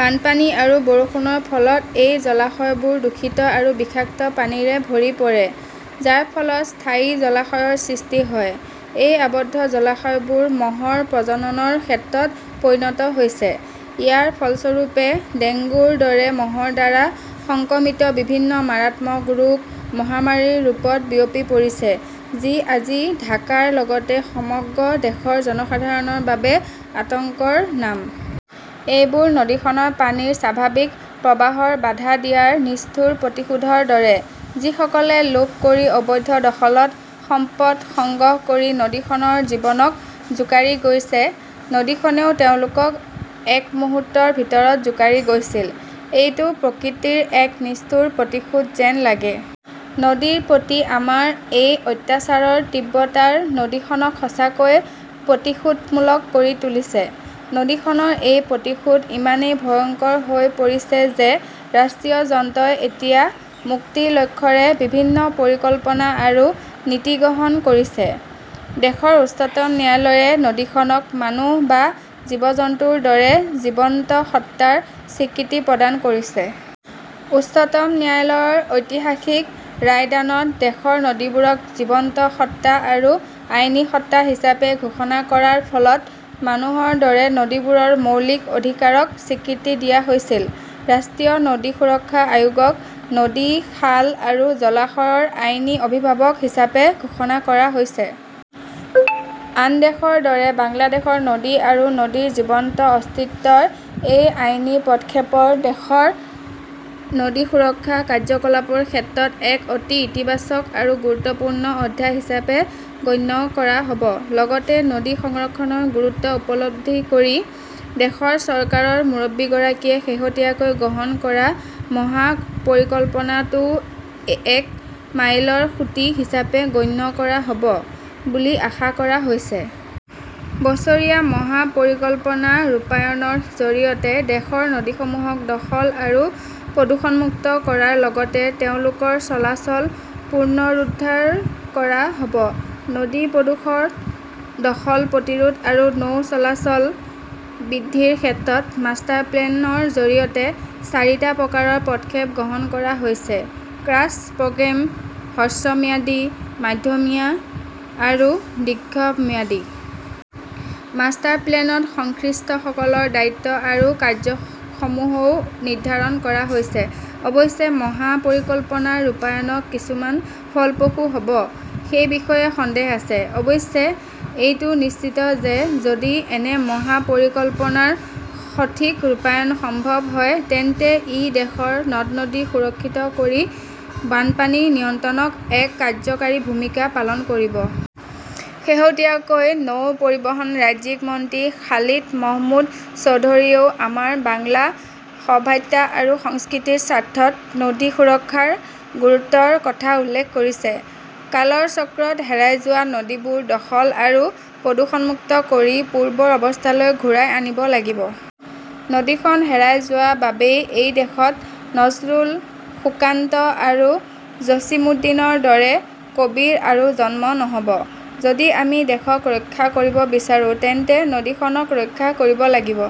বানপানী আৰু বৰষুণৰ ফলত এই জলাশয়বোৰ দূষিত আৰু বিষাক্ত পানীৰে ভৰি পৰে, যাৰ ফলত স্থায়ী জলাশয়ৰ সৃষ্টি হয়। এই আবদ্ধ জলাশয়বোৰ মহৰ প্ৰজননৰ ক্ষেত্ৰত পৰিণত হৈছে। ইয়াৰ ফলস্বৰূপে, ডেংগুৰ দৰে মহৰ দ্বাৰা সংক্ৰমিত বিভিন্ন মাৰাত্মক ৰোগ মহামাৰীৰ ৰূপত বিয়পি পৰিছে, যি আজি ঢাকাৰ লগতে সমগ্ৰ দেশৰ জনসাধাৰণৰ বাবে আতংকৰ নাম। এইবোৰ নদীখনৰ পানীৰ স্বাভাৱিক প্ৰবাহত বাধা দিয়াৰ নিষ্ঠুৰ প্ৰতিশোধৰ দৰে। যিসকলে লোভ কৰি অবৈধ দখলত সম্পদ সংগ্ৰহ কৰি নদীখনৰ জীৱনক জোকাৰি গৈছে, নদীখনেও তেওঁলোকক এক মুহূৰ্তৰ ভিতৰত জোকাৰি গৈছিল। এইটো প্ৰকৃতিৰ এক নিষ্ঠুৰ প্ৰতিশোধ যেন লাগে। নদীৰ প্ৰতি আমাৰ এই অত্যাচাৰৰ তীব্ৰতাৰ নদীখনক সঁচাকৈয়ে প্ৰতিশোধমূলক কৰি তুলিছে। নদীখনৰ এই প্ৰতিশোধ ইমানেই ভয়ংকৰ হৈ পৰিছে যে ৰাষ্ট্ৰীয় যন্ত্ৰই এতিয়া মুক্তিৰ লক্ষ্যৰে বিভিন্ন পৰিকল্পনা আৰু নীতি গ্ৰহণ কৰিছে। দেশৰ উচ্চতম ন্যায়ালয়ে নদীখনক মানুহ বা জীৱ-জন্তুৰ দৰে জীৱন্ত সত্তাৰ স্বীকৃতি প্ৰদান কৰিছে। উচ্চতম ন্যায়ালয়ৰ ঐতিহাসিক ৰায়দানত দেশৰ নদীবোৰক জীৱন্ত সত্তা আৰু আইনী সত্তা হিচাপে ঘোষণা কৰাৰ ফলত মানুহৰ দৰে নদীবোৰৰ মৌলিক অধিকাৰক স্বীকৃতি দিয়া হৈছিল। ৰাষ্ট্ৰীয় নদী সুৰক্ষা আয়োগক নদী, খাল আৰু জলাশয়ৰ আইনী অভিভাৱক হিচাপে ঘোষণা কৰা হৈছে। আন দেশৰ দৰে বাংলাদেশৰ নদী আৰু নদীৰ জীৱন্ত অস্তিত্বৰ এই আইনী পদক্ষেপক দেশৰ নদী সুৰক্ষা কাৰ্যকলাপৰ ক্ষেত্ৰত এক অতি ইতিবাচক আৰু গুৰুত্বপূৰ্ণ অধ্যায় হিচাপে গণ্য কৰা হ'ব। লগতে নদী সংৰক্ষণৰ গুৰুত্ব উপলব্ধি কৰি দেশৰ চৰকাৰৰ মুৰব্বীগৰাকীয়ে শেহতীয়াকৈ গ্ৰহণ কৰা মহা পৰিকল্পনাটোও এক মাইলৰ খুঁটি হিচাপে গণ্য কৰা হ'ব বুলি আশা কৰা হৈছে। বছৰীয়া মহা পৰিকল্পনা ৰূপায়ণৰ জৰিয়তে দেশৰ নদীসমূহক দখল আৰু প্ৰদূষণমুক্ত কৰাৰ লগতে তেওঁলোকৰ চলাচল পুনৰুদ্ধাৰ কৰা হ'ব। নদী প্ৰদূষৰ, দখল প্ৰতিৰোধ আৰু নৌ চলাচল বৃদ্ধিৰ ক্ষেত্ৰত মাষ্টাৰপ্লেনৰ জৰিয়তে চাৰিটা প্ৰকাৰৰ পদক্ষেপ গ্ৰহণ কৰা হৈছে। ক্ৰাছ প্ৰগ্ৰেম, হ্ৰস্বম্যাদী, মধ্যমীয়া আৰু দীৰ্ঘম্যাদী। মাষ্টাৰ প্লেনত সংশ্লিষ্টসকলৰ দায়িত্ব আৰু কাৰ্য্যসমূহও নিৰ্ধাৰণ কৰা হৈছে। অৱশ্যে মহা পৰিকল্পনাৰ ৰূপায়ণ কিছোমান ফলপ্ৰসূ হ'ব সেই বিষয়ে সন্দেহ আছে। অৱশ্যে, এইটো নিশ্চিত যে যদি এনে মহা পৰিকল্পনাৰ সঠিক ৰূপায়ণ সম্ভৱ হয়, তেন্তে ই দেশৰ নদ-নদী সুৰক্ষিত কৰি বানপানী নিয়ন্ত্ৰণত এক কাৰ্যকৰী ভূমিকা পালন কৰিব। শেহতীয়াকৈ নৌ পৰিবহণৰ ৰাজ্যিক মন্ত্ৰী খালিদ মাহমুদ চৌধুৰীয়েও আমাৰ বাংলা সভাত্যা আৰু সংস্কৃতিৰ স্বাৰ্থত নদী সুৰক্ষাৰ গুৰুত্বৰ কথা উল্লেখ কৰিছে। কালৰ চক্ৰত হেৰাই যোৱা নদীবোৰ দখল আৰু প্ৰদূষণমুক্ত কৰি পূৰ্বৰ অৱস্থালৈ ঘূৰাই আনিব লাগিব। নদীখন হেৰাই যোৱাৰ বাবে এই দেশত নজৰুল, সুকান্ত আৰু জছিমুদ্দিনৰ দৰে কবিৰ আৰু জন্ম নহ'ব। যদি আমি দেশক ৰক্ষা কৰিব বিচাৰো তেন্তে নদীখনক ৰক্ষা কৰিব লাগিব।